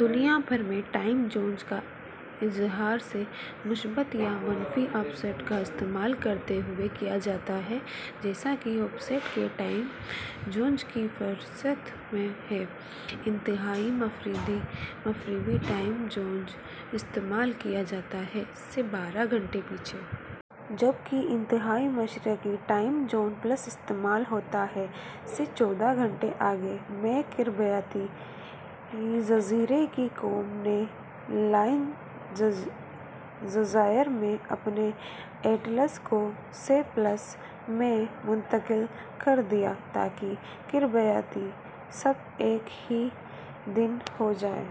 دنیا بھر میں ٹائم زونز کا اظہار سے مثبت یا منفی آفسیٹس کا استعمال کرتے ہوئے کیا جاتا ہے، جیسا کہ آفسیٹ کے ٹائم زونز کی فہرست میں ہے ۔ انتہائی مغربی ٹائم زون استعمال کیا جاتا ہے، سے بارہ گھنٹے پیچھے۔ جب کہ انتہائی مشرقی ٹائم زون + استعمال ہوتا ہے، سے چودہ گھنٹے آگے۔ میں، کریباتی جزیرے کی قوم نے لائن جزائر میں اپنے اٹلس کو سے + میں منتقل کر دیا تاکہ کریباتی سب ایک ہی دن ہو جائیں۔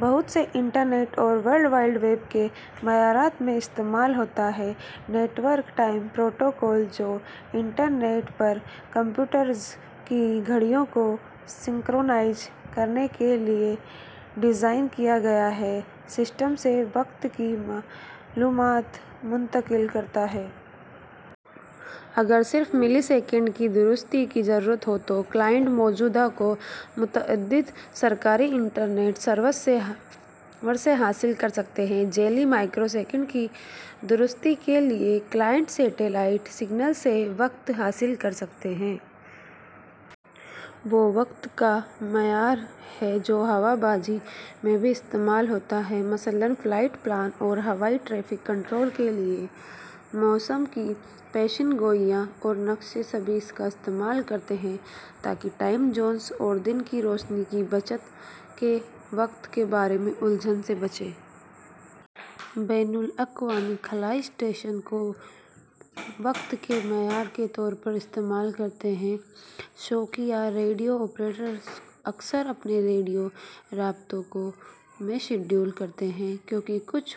بہت سے انٹرنیٹ اور ورلڈ وائڈ ویب کے معیارات میں استعمال ہوتا ہے۔ نیٹ ورک ٹائم پروٹوکول ، جو انٹرنیٹ پر کمپیوٹرز کی گھڑیوں کو سنکرونائز کرنے کے لیے ڈیزائن کیا گیا ہے، سسٹم سے وقت کی معلومات منتقل کرتا ہے۔ اگر صرف ملی سیکنڈ کی درستی کی ضرورت ہو، تو کلائنٹ موجودہ کو متعدد سرکاری انٹرنیٹ سرورز سے حاصل کر سکتے ہیں۔ ذیلی مائیکرو سیکنڈ کی درستی کے لیے، کلائنٹ سیٹلائٹ سگنلز سے وقت حاصل کر سکتے ہیں۔ وہ وقت کا معیار ہے جو ہوا بازی میں بھی استعمال ہوتا ہے، مثلاً فلائٹ پلان اور ہوائی ٹریفک کنٹرول کے لیے۔ موسم کی پیشن گوئیاں اور نقشے سبھی کا استعمال کرتے ہیں تاکہ ٹائم زونز اور دن کی روشنی کی بچت کے وقت کے بارے میں الجھن سے بچ سکیں۔ بین الاقوامی خلائی اسٹیشن بھی کو وقت کے معیار کے طور پر استعمال کرتے ہیں۔ شوقیہ ریڈیو آپریٹرز اکثر اپنے ریڈیو رابطوں کو میں شیڈول کرتے ہیں، کیونکہ کچھ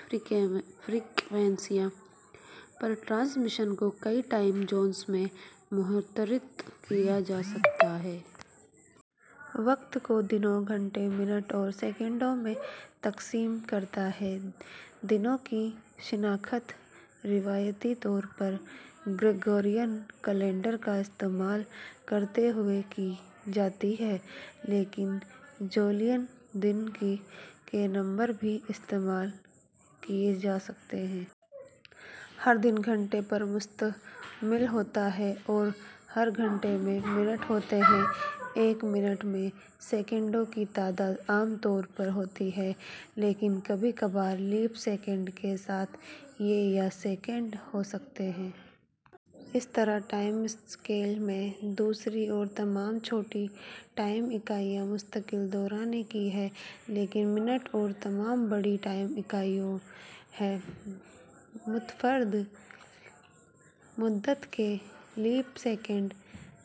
فریکوئنسیوں پر ٹرانسمیشن کو کئی ٹائم زونز میں متحرک کیا جا سکتا ہے۔ وقت کو دنوں، گھنٹے، منٹ اور سیکنڈ میں تقسیم کرتا ہے۔ دنوں کی شناخت روایتی طور پر گریگورین کیلنڈر کا استعمال کرتے ہوئے کی جاتی ہے، لیکن جولین دن کے نمبر بھی استعمال کیے جا سکتے ہیں۔ ہر دن گھنٹے پر مشتمل ہوتا ہے اور ہر گھنٹے میں منٹ ہوتے ہیں۔ ایک منٹ میں سیکنڈز کی تعداد عام طور پر ہوتی ہے، لیکن کبھی کبھار لیپ سیکنڈ کے ساتھ، یہ یا سیکنڈ ہو سکتی ہے۔ اس طرح، ٹائم اسکیل میں، دوسری اور تمام چھوٹی ٹائم اکائیاں مستقل دورانیے کی ہیں، لیکن منٹ اور تمام بڑی ٹائم اکائیاں ہیں۔ متغیر مدت کے. لیپ سیکنڈ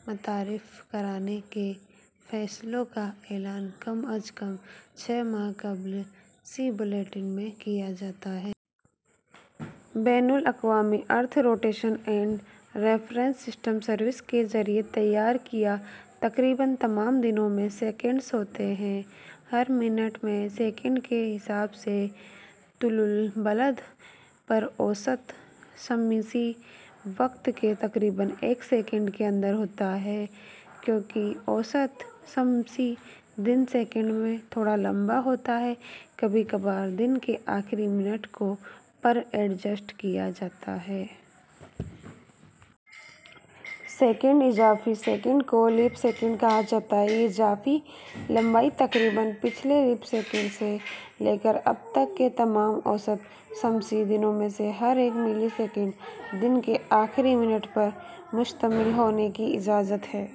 متعارف کرانے کے فیصلوں کا اعلان کم از کم چھ ماہ قبل "سی بلیٹن" میں کیا جاتا ہے۔ بین الاقوامی earth rotation and reference systems service کے ذریعہ تیار کیا تقریباً تمام دنوں میں سیکنڈ ہوتے ہیں۔ ہر منٹ میں سیکنڈ کے حساب سے. طول البلد پر اوسط شمسی وقت کے تقریباً ایک سیکنڈ کے اندر ہوتا ہے، چونکہ اوسط شمسی دن سیکنڈ سے تھوڑا لمبا ہوتا ہے، کبھی کبھار دن کے آخری منٹ کو پر ایڈجسٹ کیا جاتا ہے۔ سیکنڈ اضافی سیکنڈ کو لیپ سیکنڈ کہا جاتا ہے۔ یہ اضافی لمبائی تقریبا پچھلے لیپ سیکنڈ سے لے کر اب تک کے تمام اوسط شمسی دنوں میں سے ہر ایک ملی سیکنڈ۔ دن کے آخری منٹ میں پر مشتمل ہونے کی اجازت ہے۔